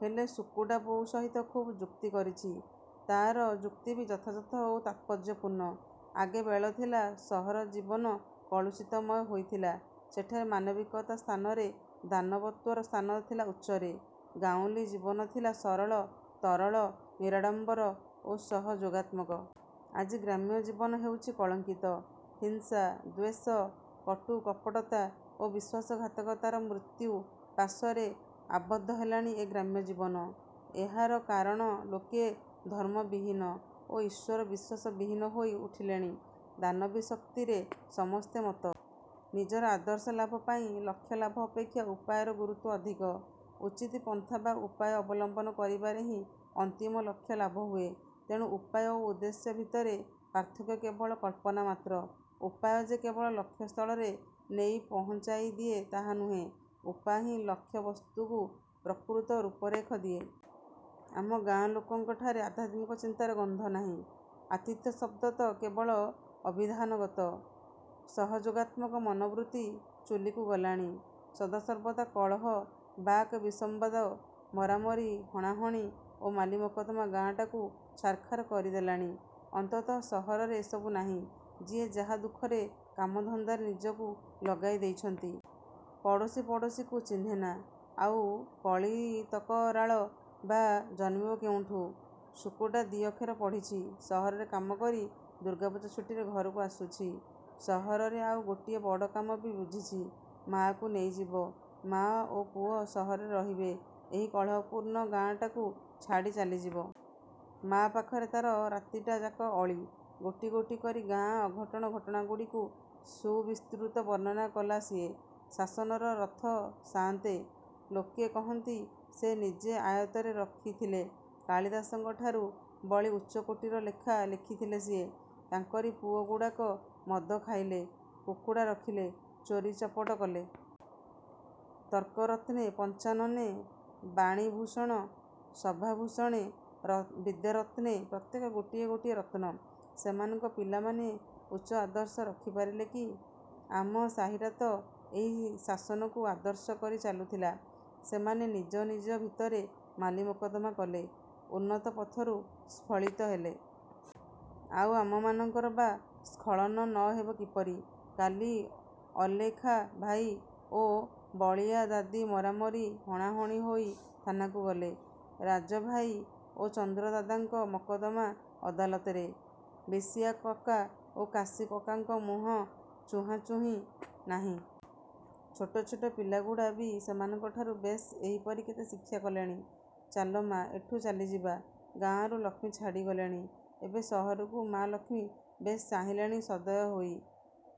ହେଲେ ସୁକୁଟା ବୋଉ ସହିତ ଖୁବ୍ ଯୁକ୍ତି କରିଚି। ତାର ଯୁକ୍ତି ବି ଯଥାଯଥ ଓ ତାତ୍ପର୍ଯ୍ୟପୂର୍ଣ୍ଣ। ଆଗେ ବେଳଥିଲା ସହର ଜୀବନ କଳୁଷିତମୟ ହୋଇଥିଲା। ସେଠାରେ ମାନବିକତା ସ୍ଥାନରେ ଦାନବତ୍ୱର ସ୍ଥାନ ଥିଲା ଉଚ୍ଚରେ। ଗାଉଁଲୀ ଜୀବନ ଥିଲା ସରଳ, ତରଳ, ନିରାଡ଼ମ୍ୱର ଓ ସହ ଯୋଗାତ୍ମକ। ଆଜି ଗ୍ରାମ୍ୟ ଜୀବନ ହୋଇଛି କଳଙ୍କିତ। ହିଂସା, ଦ୍ୱେଷ, କଟୁ କପଟତା ଓ ବିଶ୍ୱାସଘାତକତାର ମୃତ୍ୟୁ ପାଶରେ ଆବଦ୍ଧ ହେଲାଣି ଏ ଗ୍ରାମ୍ୟ ଜୀବନ। ଏହାର କାରଣ ଲୋକେ ଧର୍ମ ବିହୀନ ଓ ଈଶ୍ୱର ବିଶ୍ୱାସ ବିହୀନ ହୋଇ ଉଠିଲେଣି। ଦାନବୀ ଶକ୍ତିରେ ସମସ୍ତେ ମତ୍ତ। ନିଜର ଆଦର୍ଶ ଲାଭ ପାଇଁ ଲକ୍ଷ ଲାଭ ଅପେକ୍ଷା ଉପାୟର ଗୁରୁତ୍ୱ ଅଧିକ। ଉଚିତ ପନ୍ଥା ବା ଉପାୟ ଅବଲମ୍ୱନ କରିବାରେ ହିଁ ଅନ୍ତିମ ଲକ୍ଷ୍ୟ ଲାଭ ହୁଏ; ତେଣୁ ଉପାୟ ଓ ଉଦ୍ଦେଶ୍ୟ ଭିତରେ ପାର୍ଥକ୍ୟ କେବଳ କଳ୍ପନା ମାତ୍ର। ଉପାୟ ଯେ କେବଳ ଲକ୍ଷ୍ୟ ସ୍ଥଳରେ ନେଇ ପହଞ୍ଚାଇ ଦିଏ ତାହା ନୁହେଁ, ଉପାୟ ହିଁ ଲକ୍ଷ୍ୟ ବସ୍ତୁକୁ ପ୍ରକୃତ ରୂପରେଖ ଦିଏ। ଆମ ଗାଁ ଲୋକଙ୍କଠାରେ ଆଧ୍ୟାତ୍ମିକ ଚିନ୍ତାର ଗନ୍ଧ ନାହିଁ। ଆତିଥ୍ୟ ଶବ୍ଦ ତ କେବଳ ଅଭିଧାନଗତ। ସହଯୋଗାତ୍ମକ ମନୋବୃତ୍ତି ଚୁଲିକୁ ଗଲାଣି। ସଦାସର୍ବଦା କଳହ, ବାକ ବିସମ୍ୱାଦ, ମରାମରି, ହଣାହଣି ଓ ମାଲିମକଦ୍ଦମା ଗାଁଟାକୁ ଛାରଖାର କରି ଦେଲାଣି। ଅନ୍ତଃତଃ ସହରରେ ଏସବୁ ନାହିଁ। ଯିଏ ଯାହା ଦୁଃଖରେ କାମ ଧନ୍ଦାରେ ନିଜକୁ ଲଗାଇ ଦେଇଚନ୍ତି। ପଡ଼ୋଶୀ ପଡ଼ୋଶୀକୁ ଚିହ୍ନେନି। ଆଉ କଳି ତକରାଳ ବା ଜନ୍ମିବ କେଉଁଠୁ? ସୁକୁଟା ଦି ଅକ୍ଷର ପଢ଼ିଚି। ସହରରେ କାମକରି ଦୁର୍ଗାପୂଜା ଛୁଟିରେ ଘରକୁ ଆସୁଚି। ସହରରେ ଆଉ ଗୋଟିଏ ବଡ଼ କାମ ବି ବୁଝିଚି। ମା'କୁ ନେଇଯିବ। ମା'ଓ ପୁଅ ସହରରେ ରହିବେ। ଏହି କଳହପୂର୍ଣ୍ଣ ଗାଁଟାକୁ ଛାଡ଼ି ଚାଲିଯିବେ। ମା' ପାଖରେ ତାର ରାତିଟା ଯାକର ଅଳି। ଗୋଟି ଗୋଟି କରି ଗାଁର ଅଘଟଣ ଘଟଣାଗୁଡ଼ିକ ସୁବିସ୍ତୃତ ବର୍ଣ୍ଣନା କଲା ସିଏ। ଶାସନର ରଥ ସାଆନ୍ତେ, ଲୋକେ କହନ୍ତି ସେ ନିଜେ ଆୟତ୍ତରେ ରଖିଥିଲେ। କାଳିଦାସଙ୍କଠାରୁ ବଳି ଉଚ୍ଚକୋଟିର ଲେଖା ଲେଖିଥିଲେ ସିଏ। ତାଙ୍କରି ପୁଅଗୁଡ଼ାକ ମଦ ଖାଇଲେ, କୁକୁଡ଼ା ରଖିଲେ, ଚୋରୀ ଚପଟ କଲେ। ତର୍କରତ୍ନେ, ପଞ୍ଚାନନେ, ବାଣୀଭୂଷଣ, ସଭାଭୂଷଣେ, ବିଦ୍ୟାରତ୍ନେ ପ୍ରତ୍ୟେକେ ଗୋଟିଏ ଗୋଟିଏ ରତ୍ନ। ସେମାନଙ୍କ ପିଲାମାନେ ଉଚ୍ଚ ଆଦର୍ଶ ରଖି ପାରିଲେ କି? ଆମ ସାହିଟାତ ଏହି ଶାସନକୁ ଆଦର୍ଶ କରି ଚଳୁଥିଲା। ସେମାନେ ନିଜ ନିଜ ଭିତରେ ମାଲିମକଦ୍ଦମା କଲେ। ଉନ୍ନତ ପଥରୁ ସ୍ଖଳିତ ହେଲେ। ଆଉ ଆମମାନଙ୍କର ବା ସ୍ଖଳନ ନ ହେବ କିପରି? କାଲି ଅଲେଖା ଭାଇ ଓ ବଳିଆ ଦଦୀ ମରାମରି, ହଣାହଣି ହୋଇ ଥାନାକୁ ଗଲେ। ରାଜ ଭାଇ ଓ ଚନ୍ଦ୍ର ଦାଦାଙ୍କ ମକଦ୍ଦମା ଅଦାଲତରେ। ବିଶିଆ କକା ଓ କାଶୀ କକାଙ୍କର ମୁହଁ ଚୁହାଁ ଚୁହିଁ ନାହିଁ। ଛୋଟ ଛୋଟ ପିଲାଗୁଡ଼ା ବି ସେମାନଙ୍କଠାରୁ ବେଶ ଏଇପରି କେତେ ଶିକ୍ଷା କଲେଣି-। ଚାଲ ମା, ଏଠୁ ଚାଲିଯିବା। ଗାଁରୁ ଲକ୍ଷ୍ମୀ ଛାଡ଼ି ଗଲେଣି। ଏବେ ସହରକୁ ମା ଲକ୍ଷ୍ମୀ ବେଶ ଚାହିଁଲେଣି ସଦୟ ହୋଇ।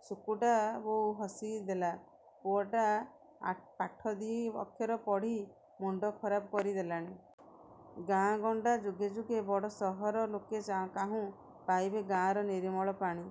ସୁକୁଟା ବୋଉ ହସି ଦେଲା। ପୁଅଟା ପାଠ ଦି' ଅକ୍ଷର ପଢ଼ି ମୁଣ୍ଡ ଖରାପ କରି ଦେଲାଣି। ଗାଁ ଗଣ୍ଡା ଯୁଗେ ଯୁଗେ ବଡ଼ ସହର ଲୋକେ କାହୁଁ ପାଇବେ ଗାଁର ନିରିମଳ ପାଣି